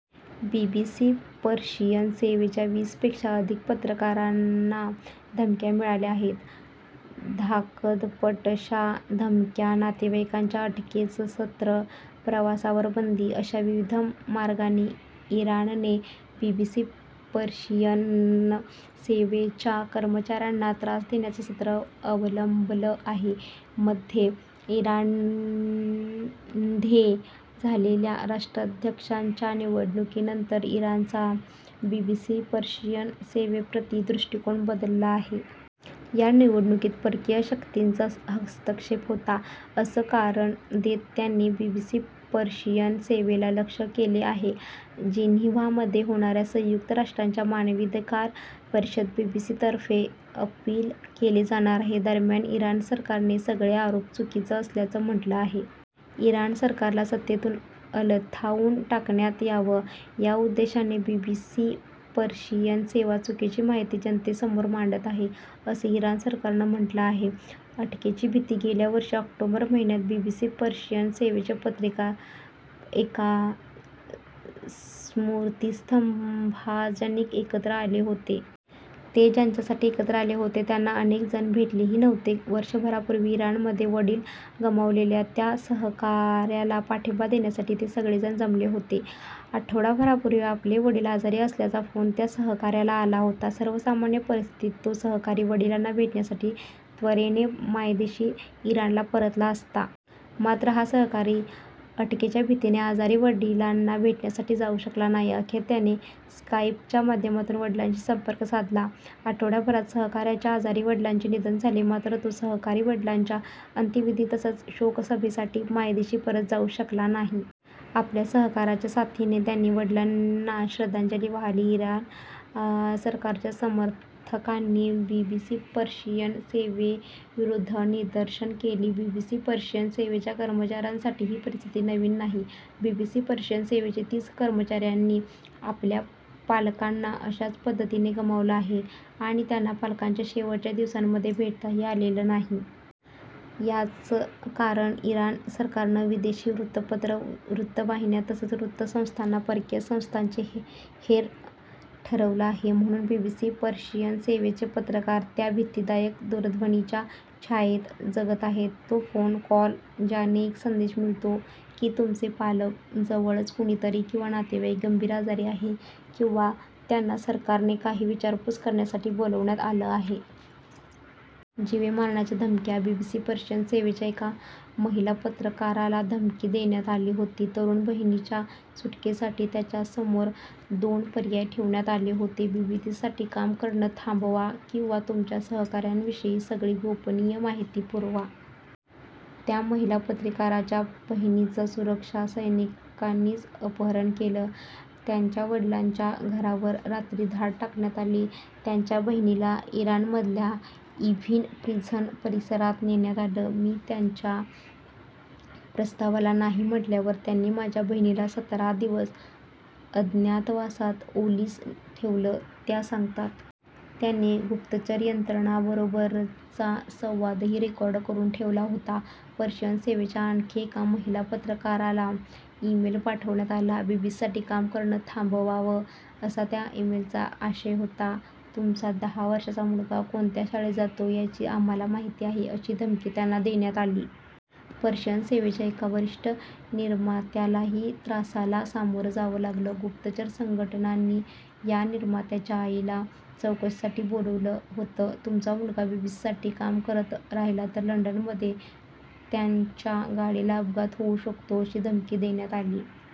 BBC Persian सेवेच्या वीसपेक्षा अधिक पत्रकारांना धमक्या मिळाल्या आहेत. धाकदपटशा, धमक्या, नातेवाईकांच्या अटकेचं सत्र, प्रवासावर बंदी, अशा विविध मार्गांनी इराणने बीबीसी पर्शियन सेवेच्या कर्मचाऱ्यांना त्रास देण्याचं सत्र अवलंबलं आहे. मध्ये इराणध्ये झालेल्या राष्ट्राध्यक्षांच्या निवडणुकीनंतर इराणचा बीबीसी पर्शियन सेवेप्रती दृष्टिकोन बदलला आहे. या निवडणुकीत परकीय शक्तींचा हस्तक्षेप होता असं कारण देत त्यांनी बीबीसी पर्शियन सेवेला लक्ष्य केलं आहे. जिनिव्हामध्ये होणाऱ्या संयुक्त राष्ट्रांच्या मानवाधिकार परिषदेत बीबीसीतर्फे अपील केले जाणार आहे. दरम्यान इराण सरकारने सगळे आरोप चुकीचं असल्याचं म्हटलं आहे. इराण सरकारला सत्तेतून उलथावून टाकण्यात यावं, याउद्देशाने बीबीसी पर्शियन सेवा चुकीची माहिती जनतेसमोर मांडत आहे, असं इराण सरकारनं म्हटलं आहे. अटकेची भीती गेल्या वर्षी ऑक्टोबर महिन्यात बीबीसी पर्शियन सेवेचे पत्रकार एका स्मृतिस्तंभानजीक एकत्र आले होते. ते ज्यांच्यासाठी एकत्र आले होते त्यांना अनेक जण भेटलेही नव्हते. वर्षभरापूर्वी इराणमध्ये वडील गमावलेल्या त्या सहकाऱ्याला पाठिंबा देण्यासाठी ते सगळेजण जमले होते. आठवडाभरापूर्वी आपले वडील आजारी असल्याचा फोन त्या सहकाऱ्याला आला होता. सर्वसामान्य परिस्थितीत तो सहकारी वडिलांना भेटण्यासाठी त्वरेने मायदेशी इराणला परतला असता. मात्र हा सहकारी अटकेच्या भीतीने आजारी वडिलांना भेटण्यासाठी जाऊ शकला नाही. अखेर त्याने स्काइपच्या माध्यमातून वडिलांशी संपर्क साधला. आठवडाभरात सहकाऱ्याच्या आजारी वडिलांचे निधन झाले. मात्र तो सहकारी वडिलांच्या अंत्यविधी तसंच शोकसभेसाठी मायदेशी परत जाऊ शकला नाही. आपल्या सहकाऱ्यांच्या साथीने त्यांनी वडिलांना श्रद्धांजली वाहिली. इराण सरकारच्या समर्थकांनी बीबीसी पर्शियन सेवेविरोधात निदर्शनं केली. बीबीसी पर्शियन सेवेच्या कर्मचाऱ्यांसाठी ही परिस्थिती नवीन नाही. बीबीसी पर्शियन सेवेच्या तीस कर्मचाऱ्यांनी आपल्या पालकांना अशाच पद्धतीने गमावलं आहे आणि त्यांना पालकांच्या शेवटच्या दिवसांमध्ये भेटताही आलेलं नाही. याचं कारण इराण सरकारनं विदेशी वृत्तपत्रं, वृत्तवाहिन्या तसंच वृत्तसंस्थांना परकीय संस्थांचे हेर ठरवलं आहे. म्हणून बीबीसी पर्शियन सेवेचे पत्रकार त्या भीतीदायक दूरध्वनीच्या छायेत जगत आहेत, तो फोन कॉल ज्याने एक संदेश मिळतो की तुमचे पालक, जवळचं कुणीतरी किंवा नातेवाईक गंभीर आजारी आहे किंवा त्यांना सरकारने काही विचारपूस करण्यासाठी बोलवण्यात आलं आहे. जीवे मारण्याच्या धमक्या बीबीसी पर्शियन सेवेच्या एका महिला पत्रकाराला धमकी देण्यात आली होती. तरुण बहिणीच्या सुटकेसाठी त्यांच्यासमोर दोन पर्याय ठेवण्यात आले होते बीबीसीसाठी काम करणं थांबवा किंवा तुमच्या सहकाऱ्यांविषयी सगळी गोपनीय माहिती पुरवा. त्या महिला पत्रकाराच्या बहिणीचं सुरक्षा सैनिकांनीच अपहरण केलं. त्यांच्या वडिलांच्या घरावर रात्री धाड टाकण्यात आली. त्यांच्या बहिणीला इराणमधल्या इव्हिन प्रिझन परिसरात नेण्यात आलं. "मी त्यांच्या प्रस्तावाला नाही म्हटल्यावर त्यांनी माझ्या बहिणीला सतरा दिवस अज्ञातवासात ओलीस ठेवलं त्या सांगतात. त्यांनी गुप्तचर यंत्रणांबरोबरचा संवादही रेकॉर्ड करून ठेवला होता. पर्शियन सेवेच्या आणखी एका महिला पत्रकाराला इमेल पाठवण्यात आला. बीबीसीसाठी काम करणं थांबवावं, असा त्या इमेलचा आशय होता. तुमचा दहा वर्षांचा मुलगा कोणत्या शाळेत जातो याची आम्हाला माहिती आहे अशी धमकी त्यांना देण्यात आली. पर्शियन सेवेच्या एका वरिष्ठ निर्मात्यालाही त्रासाला सामोरं जावं लागलं. गुप्तचर संघटनांनी या निर्मात्याच्या आईला चौकशीसाठी बोलावलं होतं. तुमचा मुलगा बीबीसीसाठी काम करत राहिला तर लंडनमध्ये त्यांच्या गाडीला अपघात होऊ शकतो अशी धमकी देण्यात आली.